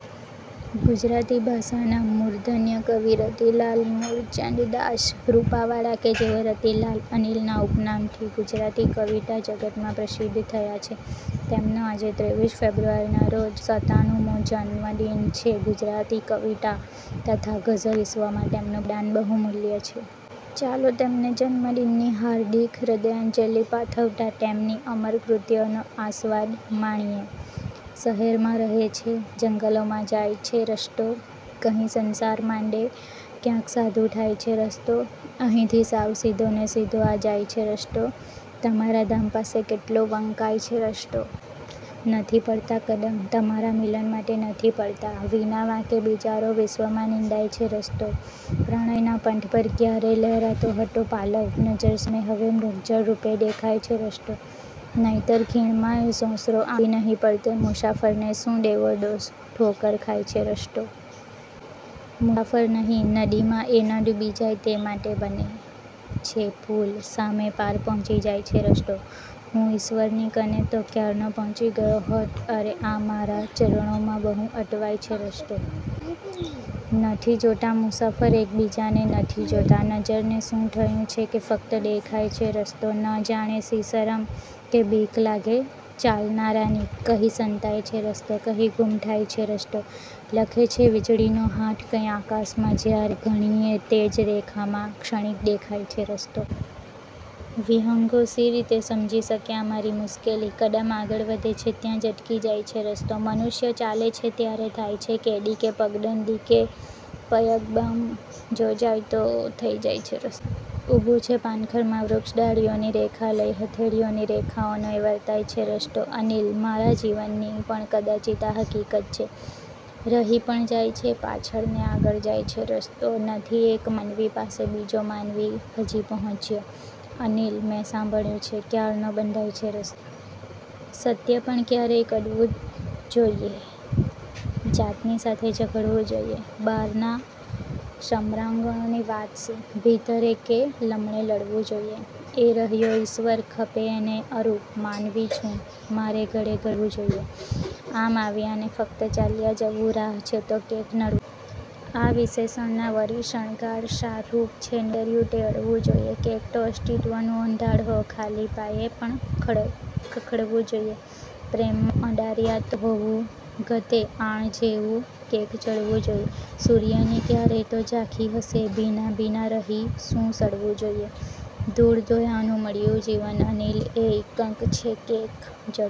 ગુજરાતી ભાષાના મૂર્ધન્ય કવિ રતિલાલ મૂળચંદદાસ રૂપાવાળા કે જેઓ રતિલાલ 'અનિલ'ના ઉપનામથી ગુજરાતી કવિતા જગતમાં પ્રસિદ્ધ થયા છે. તેમનો આજે ત્રેવીસ ફેબ્રુઆરીના રોજ સતાનું મો જન્મદિન છે. ગુજરાતી કવિતા તથા ગઝલ વિશ્વમાં તેમનું પ્રદાન બહુમૂલ્ય છે. ચાલો, તેમને જન્મદિનની હાર્દિક હૃદયાંજલિ પાઠવતાં તેમની અમર કૃતિઓનો આસ્વાદ માણીએ… શહેરોમાં રહે છે, જંગલોમાં જાય છે રસ્તો, કહીં સંસાર માંડે, ક્યાંક સાધુ થાય છે રસ્તો. અહીંથી સાવ સીધો ને સીધો આ જાય છે રસ્તો, તમારા ધામ પાસે કેટલો વંકાય છે રસ્તો! નથી પડતાં કદમ, તમાંરા મિલન માટે નથી પડતાં, વિના વાંકે બિચારો વિશ્વમાં નિંદાય છે રસ્તો. પ્રણયના પંથ પર ક્યારે લ્હેરાતો હતો પાલવ, નજર સામે હવે મૃગજળ રૂપે દેખાય છે રસ્તો. નહિતર ખીણમાં એ સોંસરો આવી નહીં પડતે, મુસાફરને શું દેવો દોષ, ઠોકર ખાય છે રસ્તો! મુફર નહિ, નદીમાં એ ન ડૂબી જાય તે માટે, બને છે પુલ, સામે પાર પ્હોંચી જાય છે રસ્તો. હું ઈશ્વરની કને તો ક્યારનો પ્હોંચી ગયો હોત, અરે, આ મારાં ચરણોમાં બહુ અટવાય છે રસ્તો! નથી જોતા મુસાફર એકબીજાને નથી જોતા, નજરને શું થયું છે કે ફકત દેખાય છે રસ્તો! ન જાણે શી શરમ કે બીક લાગે ચાલનારાની, કહીં સંતાય છે રસ્તો, કહીં ગુમ થાય છે રસ્તો. લખે છે વીજળીનો હાથ કંઈ આકાશમાં જ્યારે, ઘણીએ તેજ રેખામાં ક્ષણિક દેખાય છે રસ્તો! વિહંગો શી રીતે સમજી શકે આ મારી મુશ્કેલી, કદમ આગળ વધે છે ત્યાં જ અટકી જાય છે રસ્તો! મનુષ્યો ચાલે છે ત્યારે થાય છે કેડી કે પગદંડી, કે પયગમ જો જાય તો થઈ જાય છે રસ્તો! ઊભું છે પાનખરમાં વૃક્ષ ડાળીઓની રેખા લઈ, હથેળીઓની રેખાઓનો એ વર્તાય છે રસ્તો! 'અનિલ' મારા જીવનની પણ કદાચિત્ આ હકીકત છે, રહી પણ જાય છે પાછળ ને આગળ જાય છે રસ્તો! નથી એક માનવી પાસે બીજો માનવી હજી પ્હોંચ્યો, 'અનિલ', મેં સાંભળ્યું છે ક્યારનો બંધાય છે રસ્તો! સત્ય પણ ક્યારેક કડવું જોઇએ, જાતની સાથે ઝઘડવું જોઇએ! બારના સમરાંગણોની વાત શી? ભીતરે કે લમણે લડવું જોઇએ! એ રહ્યો ઇશ્વર, ખપે એને અરૂપ; માનવી છું, મારે ઘરે ધડવું જોઇએ! આમ આવ્યા ને ફક્ત ચાલ્યા જવું, રાહ છે તો કૈંક નડવું! આ વિશેષણના વળી શણગાર શા? રૂપ છે નીતર્યુ તે અડવું જોઇએ! કૈંક તો અસ્તિત્વનું એંધાણ હો! ખાલીપાએ પણ ખખડવું જોઇએ! પ્રેમમાં ઔંદાર્ય તો હોવું ઘટે! આળ જેવું કૈંક ચડવું જોઇએ! સૂર્યની ક્યારેક તો ઝાંખી હશે, ભીના ભીના રહી શું સડવું જોઇએ? ધૂળધોયાનું મળ્યું જીવન અનિલ, એય તક છે, કૈંક જડવું